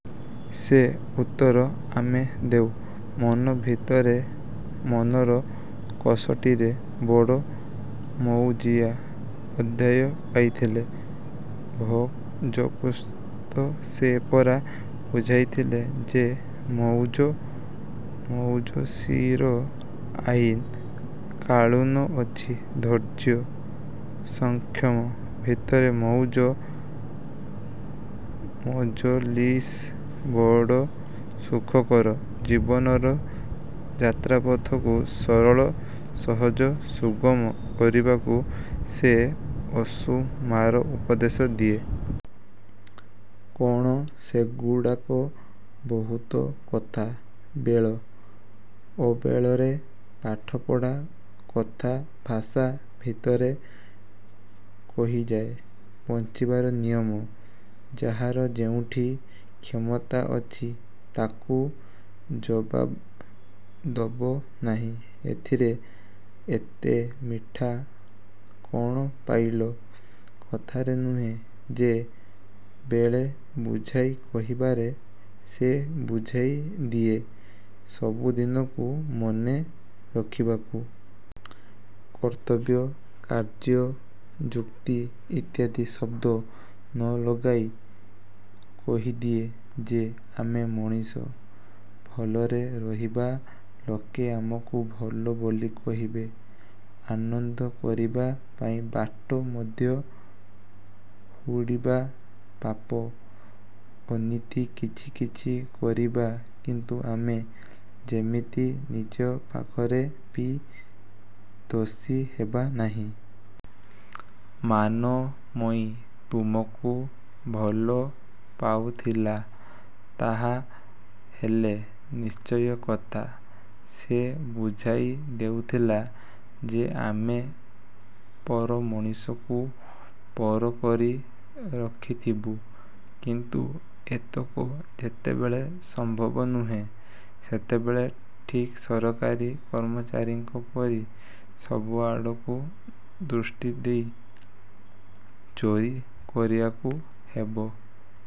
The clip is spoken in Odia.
ସେ ଉତ୍ତର ଆମେ ଦେଉ ମନ ଭିତରେ-ମନର କଷଟିରେ। -ବଡ଼ ମଉଜିଆ ଅଧ୍ୟାୟ ପାଇଥିଲେ, ଭଜକୃଷ୍ଣ? -ସେ ପରା ବୁଝାଇଥିଲା ଯେ ମଉଜ ମଜଲିସର ଆଇନ କାନୁନ ଅଛି। ଧୈର୍ଯ୍ୟ ସଂଯମ ଭିତରେ ମଉଜ ମଜଲିସ ବଡ଼ ସୁଖକର। ଜୀବନର ଯାତ୍ରାପଥକୁ ସରଳ, ସହଜ, ସୁଗମ କରିବାକୁ ସେ ଅସୁମାର ଉପଦେଶ ଦିଏ। -କ'ଣ ସେଗୁଡ଼ାକ? -ବହୁତ କଥା। ବେଳ ଅବେଳରେ ପାଠପଢ଼ା, କଥାଭାଷା ଭିତରେ କହିଯାଏ ବଞ୍ଚିବାର ନିୟମ। ଯାହାର ଯେଉଁଠି କ୍ଷମତା ଅଛି ତାକୁ ଜବାବ ଦବ ନାହିଁ। -ଏଥିରେ ଏତେ ମିଠା କ'ଣ ପାଇଲ? -କଥାରେ ନୁହେଁ ଯେ କେବଳ ବୁଝାଇ କହିବାରେ। ସେ ବୁଝାଇ ଦିଏ ସବୁ ଦିନକୁ ମନେ ରଖିବାକୁ। କର୍ତ୍ତବ୍ୟ, କାର୍ଯ୍ୟ, ଯୁକ୍ତି ଇତ୍ୟାଦି ଶବ୍ଦ ନ ଲଗାଇ କହିଦିଏ ଯେ ଆମେ ମଣିଷ-ଭଲରେ ରହିବା-ଲୋକେ ଆମକୁ ଭଲ ବୋଲି କହିବେ। ଆନନ୍ଦ କରିବା ପାଇଁ ବାଟ ମଧ୍ୟ ହୁଡ଼ିବା-ପାପ, ଅନୀତି କିଛି କିଛି କରିବା-କିନ୍ତୁ ଆମେ ଯେମିତି ନିଜ ପାଖରେ ବି ଦୋଷୀ ହେବା ନାହିଁ। -ମାନମୟୀ ତୁମକୁ ଭଲ ପାଉଥିଲା ତାହା ହେଲେ? -ନିଶ୍ଚୟ କଥା। ସେ ବୁଝାଇ ଦେଉଥିଲା ଯେ ଆମେ ପର ମଣିଷକୁ ପର କରି ରଖିଥିବୁ। କିନ୍ତୁ ଏତକ ଯେତେବେଳେ ସମ୍ଭବ ନୁହେଁ ସେତେବେଳେ ଠିକ୍ ସରକାରୀ କର୍ମଚାରୀଙ୍କ ପରି ସବୁ ଆଡ଼କୁ ଦୃଷ୍ଟି ଦେଇ ଚୋରି କରିବାକୁ ହେବ।